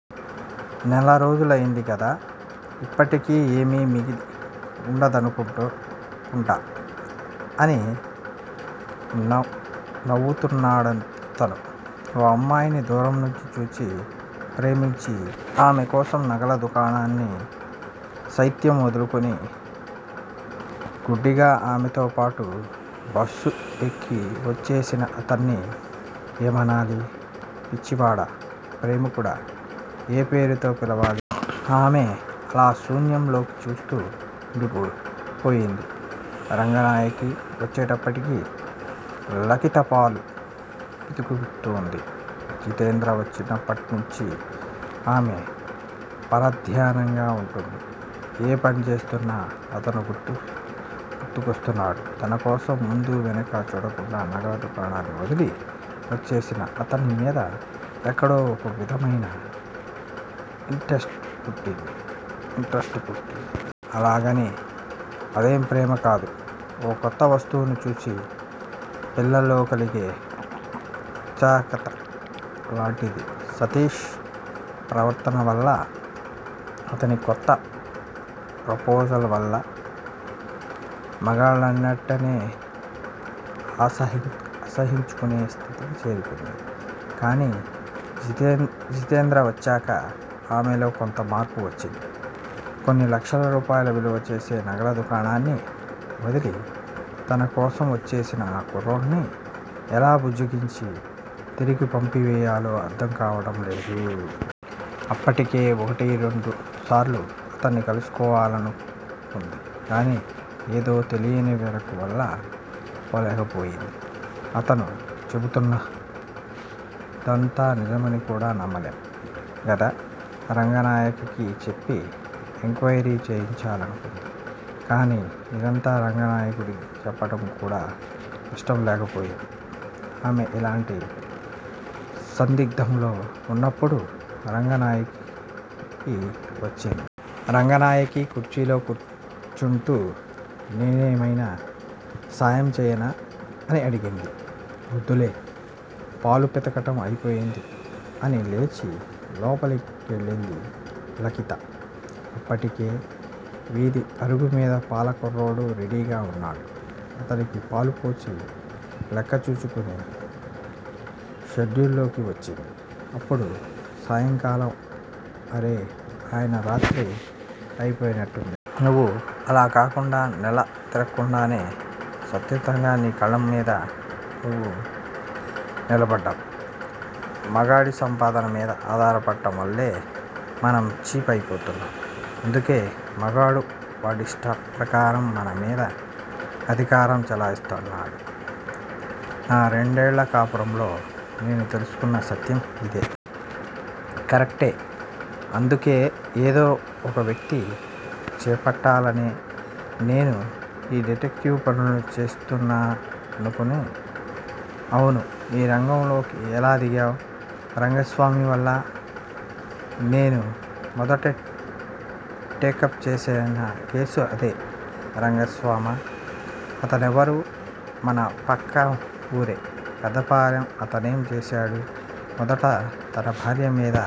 నెల రోజులైంది కదా. ఇప్పటికీ ఏమీ మిగిలి వుండదనుకుంటా అని నవ్వుతున్నాడతను. ఓ అమ్మాయిని దూరం నుంచి చూసి, ప్రేమించి, ఆమె కోసం నగల దుకాణాన్ని సైతం వదులుకుని గుడ్డిగా ఆమెతో పాటు బస్సు ఎక్కి వచ్చేసిన అతన్ని ఏమనాలి? పిచ్చివాడా? ప్రేమికుడా? ఏ పేరుతో పిలవాలి? ఆమె అలా శూన్యం లోకి చూస్తూ వుండిపోయింది. రంగనాయకి వచ్చేటప్పటికి లిఖిత పాలు పితుకుతోంది. జితేంద్ర వచ్చినప్పట్నుంచి ఆమె పరధ్యానంగా వుంటుంది. ఏ పని చేస్తున్నా అతనే గుర్తుస్తున్నాడు. తనకోసం ముందూ వెనకా చూడకుండా నగల దుకాణాన్ని వదలి వచ్చేసిన అతని మీద ఎక్కడో ఓ విధమైన ఇంట్రెస్ట్ పుట్టింది. అలాగని అదేం ప్రేమ కాదు. ఓ కొత్త వస్తువును చూసి పిల్లల్లో కలిగే వుత్సుకత లాంటిది. సతీష్ ప్రవర్తనవల్ల అతని కొత్త ప్రపోజల్ వల్ల మగాళ్ళంటేనే అసహ్యించుకునే స్థితికి చేరుకుంది. కానీ జితేంద్ర వచ్చాక ఆమెలో కొంత మార్పు వచ్చింది. కొన్ని లక్షల రూపాయలు విలువ చేసే నగల దుకాణాన్ని వదిలి తనకోసం వచ్చేసిన ఆ కుర్రాడ్ని ఎలా బుజ్జగించి తిరిగి పంపివేయాలో అర్ధం కావడం లేదు. అప్పటికే ఒకటి రెండుసార్లు అతన్ని కలుసుకోవాలనుంది గానీ ఏదో తెలియని బెరుకు వల్ల పోలేకపోయింది. అతను చెబుతున్నదంతా నిజమని కూడా నమ్మలేం గదా. రంగనాయకకి చెప్పి ఎంక్వయిరీ చేయించాలనుకుంది. కానీ ఇదంతా రంగనాయకీకి చెప్పడం కూడా ఇష్టం లేకపోయింది. ఆమె ఇలాంటి సందిగ్ధంలో వున్నప్పుడు రంగనాయకి వచ్చింది. రంగనాయకి కుర్చీలో కూర్చుంటూ నేనేమైనా సాయం చేయనా? అని అడిగింది. ఒద్దులే పాలు పితకటం అయిపోయింది అని లేచి లోపలి కెళ్ళింది లిఖిత. అప్పటికే వీధి అరుగుమీద పాల కుర్రాడు రెడీగా వున్నాడు. అతనికి పాలు పోసి, లెక్క చూసుకుని షెడ్డులోకి వచ్చింది. అప్పుడు సాయంకాలం ఆరే అయినా రాత్రి అయిపోయినట్టుంది. నువు అలా కాకుండా నెల తిరక్కుండానే స్వంతంగా నీ కాళ్ళమీద నువు నిలబడ్డావ్ మగాడి సంపాదన మీద ఆధారపడడం వల్లే మనం చీప్ అయిపోతున్నాం. అందుకే మగాడు వాడిష్ట ప్రకారం మన మీద అధికారం చెలాయిస్తున్నాడు. నా రెండేళ్ళ కాపురంలో నేను తెలుసుకున్న సత్యం ఇదే. కరెక్టే అందుకే ఏదో ఒక వృత్తి చేపట్టాలనే నేనూ ఈ డిటెక్టివ్ పనులు చేస్తున్నాననుకో అవునూ ఈ రంగంలోకి ఎలా దిగావ్? రంగస్వామి వల్ల నేను మొదట టేకప్ చేసిన కేసు అదే రంగస్వామా? అతనెవరు? మన పక్కవూరే- పెద్దపాలెం అతనేం చేశాడు? మొదట తన భార్య మీద